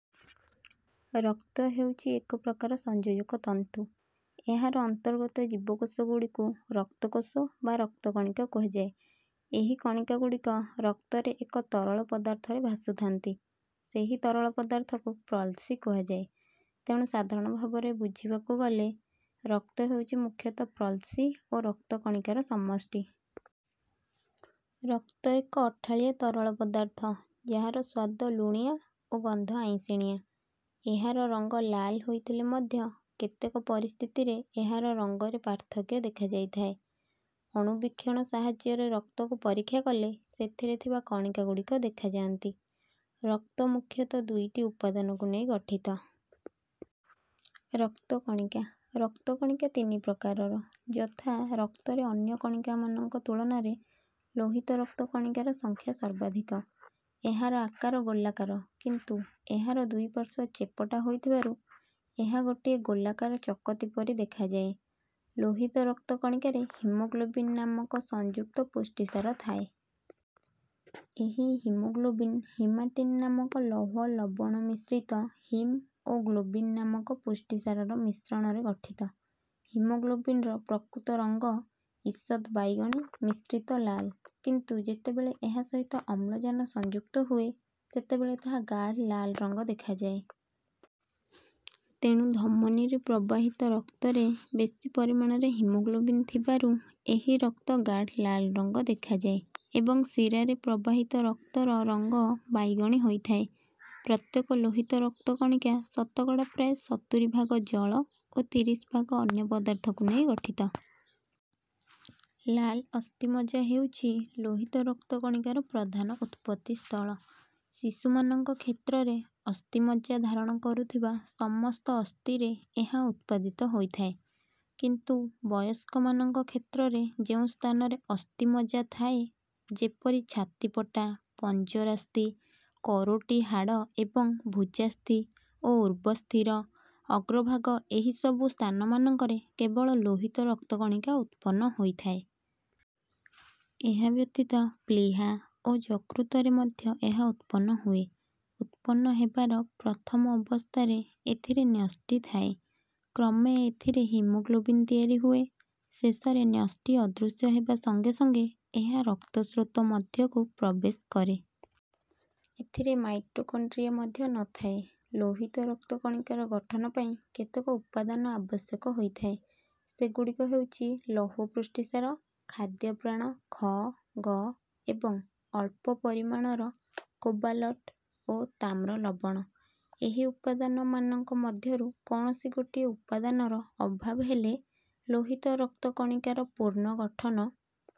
ରକ୍ତ ହେଉଛି ଏକ ପ୍ରକାର ସଂଯୋଜକ ତନ୍ତୁ। ଏହାର ଅନ୍ତର୍ଗତ ଜୀବକୋଷଗୁଡ଼ିକୁ ରକ୍ତ କୋଷ ବା ରକ୍ତକଣିକା କୁହାଯାଏ। ଏହି କଣିକାଗୁଡ଼ିକ ରକ୍ତରେ ଏକ ତରଳ ପଦାର୍ଥରେ ଭାସୁଥାନ୍ତି ସେହି ତରଳ ପଦାର୍ଥକୁ ପ୍ରଲ୍ସି କୁହାଯାଏ। ତେଣୁ ସାଧାରଣ ଭାବରେ ବୁଝିବାକୁ ଗଲେ ରକ୍ତ ହେଉଛି ମୁଖ୍ୟତଃ ପ୍ରଲ୍ସି ଓ ରକ୍ତ କଣିକାର ସମଷ୍ଟି। ରକ୍ତ ଏକ ଅଠାଳିଆ ତରଳ ପଦାର୍ଥ ଯାହାର ସ୍ୱାଦ ଲୁଣିଆ ଓ ଗନ୍ଧ ଆଇଁଷିଣିଆ। ଏହାର ରଙ୍ଗ ଲାଲ ହୋଇଥିଲେ ମଧ୍ୟ କେତେକ ପରିସ୍ଥିତିରେ ଏହାର ରଙ୍ଗରେ ପାର୍ଥକ୍ୟ ଦେଖାଯାଇଥାଏ। ଅଣୁବୀକ୍ଷଣ ସାହାଯ୍ୟରେ ରକ୍ତକୁ ପରୀକ୍ଷା କଲେ ସେଥିରେ ଥିବା କଣିକାଗୁଡ଼ିକ ଦେଖାଯାନ୍ତି। ରକ୍ତ ମୁଖ୍ୟତଃ ଦୁଇଟି ଉପାଦାନକୁ ନେଇ ଗଠିତ। ରକ୍ତ କଣିକା ରକ୍ତକଣିକା ତିନି ପ୍ରକାରର ଯଥା ରକ୍ତରେ ଅନ୍ୟ କଣିକାମାନଙ୍କ ତୁଳନାରେ ଲୋହିତ ରକ୍ତ କଣିକାର ସଂଖ୍ୟା ସର୍ବାଧିକ। ଏହାର ଆକାର ଗୋଲାକାର କିନ୍ତୁ ଏହାର ଦୁଇପାର୍ଶ୍ୱ ଚେପଟା ହୋଇଥିବାରୁ ଏହା ଗୋଟିଏ ଗୋଲାକାର ଚକତି ପରି ଦେଖାଯାଏ। ଲୋହିତ ରକ୍ତ କଣିକାରେ ହିମୋଗ୍ଲୋବିନ ନାମକ ସଂଯୁକ୍ତ ପୁଷ୍ଟିସାର ଥାଏ। ଏହି ହିମୋଗ୍ଲୋବିନ ହିମାଟିନ ନାମକ ଲୌହ ଲବଣ ମିଶ୍ରିତ ହିମ୍ ଓ ଗ୍ଲୋବିନ ନାମକ ପୁଷ୍ଟିସାରର ମିଶ୍ରଣରେ ଗଠିତ। ହିମୋଗ୍ଲୋବିନର ପ୍ରକୃତ ରଙ୍ଗ ଈଷତ ବାଇଗଣୀ ମିଶ୍ରିତ ଲାଲ। କିନ୍ତୁ ଯେତେବେଳେ ଏହା ସହିତ ଅମ୍ଳଜାନ ସଂଯୁକ୍ତ ହୁଏ ସେତେବେଳେ ତାହା ଗାଢ଼ ଲାଲ ରଙ୍ଗ ଦେଖାଯାଏ। ତେଣୁ ଧମନୀରେ ପ୍ରବାହିତ ରକ୍ତରେ ବେଶି ପରିମାଣରେ ହିମୋଗ୍ଲୋବିନ ଥିବାରୁ ଏହି ରକ୍ତ ଗାଢ଼ଲାଲ ରଙ୍ଗ ଦେଖାଯାଏ ଏବଂ ଶିରାରେ ପ୍ରବାହିତ ରକ୍ତର ରଙ୍ଗ ବାଇଗଣୀ ହୋଇଥାଏ। ପ୍ରତ୍ୟେକ ଲୋହିତ ରକ୍ତ କଣିକା ଶତକଡ଼ା ପ୍ରାୟ ସତୁରି ଭାଗ ଜଳ ଓ ତିରିଶ ଭାଗ ଅନ୍ୟ ପଦାର୍ଥକୁ ନେଇ ଗଠିତ। ଲାଲ ଅସ୍ଥିମଜ୍ଜା ହେଉଛି ଲୋହିତ ରକ୍ତ କଣିକାର ପ୍ରଧାନ ଉତ୍ପତ୍ତିସ୍ଥଳ। ଶିଶୁମାନଙ୍କ କ୍ଷେତ୍ରରେ ଅସ୍ଥିମଜ୍ଜା ଧାରଣ କରୁଥିବା ସମସ୍ତ ଅସ୍ଥିରେ ଏହା ଉତ୍ପାଦିତ ହୋଇଥାଏ। କିନ୍ତୁ ବୟସ୍କମାନଙ୍କ କ୍ଷେତ୍ରରେ ଯେଉଁ ସ୍ଥାନରେ ଅସ୍ଥିମଜ୍ଜା ଥାଏ ଯେପରି ଛାତିପଟା ପଞ୍ଜରାସ୍ଥି କରୋଟି ହାଡ଼ ଏବଂ ଭୁଜାସ୍ଥି ଓ ଊର୍ବସ୍ଥିର ଅଗ୍ରଭାଗ ଏହିସବୁ ସ୍ଥାନମାନଙ୍କରେ କେବଳ ଲୋହିତ ରକ୍ତକଣିକା ଉତ୍ପନ୍ନ ହୋଇଥାଏ। ଏହା ବ୍ୟତୀତ ପ୍ଳୀହା ଓ ଯକୃତ ରେ ମଧ୍ୟ ଏହା ଉତ୍ପନ୍ନ ହୁଏ। ଉତ୍ପନ୍ନ ହେବାର ପ୍ରଥମ ଅବସ୍ଥାରେ ଏଥିରେ ନ୍ୟଷ୍ଟିଥାଏ। କ୍ରମେ ଏଥିରେ ହିମୋଗ୍ଲୋବିନ ତିଆରି ହୁଏ। ଶେଷରେ ନ୍ୟଷ୍ଟି ଅଦୃଶ୍ୟ ହେବା ସଙ୍ଗେ ସଙ୍ଗେ ଏହା ରକ୍ତ ସ୍ରୋତ ମଧ୍ୟକୁ ପ୍ରବେଶ କରେ। ଏଥିରେ ମାଇଟୋକଣ୍ଡ୍ରିଆ ମଧ୍ୟ ନଥାଏ। ଲୋହିତ ରକ୍ତ କଣିକାର ଗଠନ ପାଇଁ କେତେକ ଉପାଦାନ ଆବଶ୍ୟକ ହୋଇଥାଏ। ସେଗୁଡ଼ିକ ହେଉଛି ଲୌହ ପୁଷ୍ଟିସାର ଖାଦ୍ୟପ୍ରାଣ ଖ ଗ ଏବଂ ଅଳ୍ପ ପରିମାଣର କୋବାଲଟ୍ ଓ ତାମ୍ର ଲବଣ। ଏହି ଉପାଦାନମାନଙ୍କ ମଧ୍ୟରୁ କୌଣସି ଗୋଟିଏ ଉପାଦାନର ଅଭାବ ହେଲେ ଲୋହିତ ରକ୍ତ କଣିକାର ପୂର୍ଣ୍ଣଗଠନ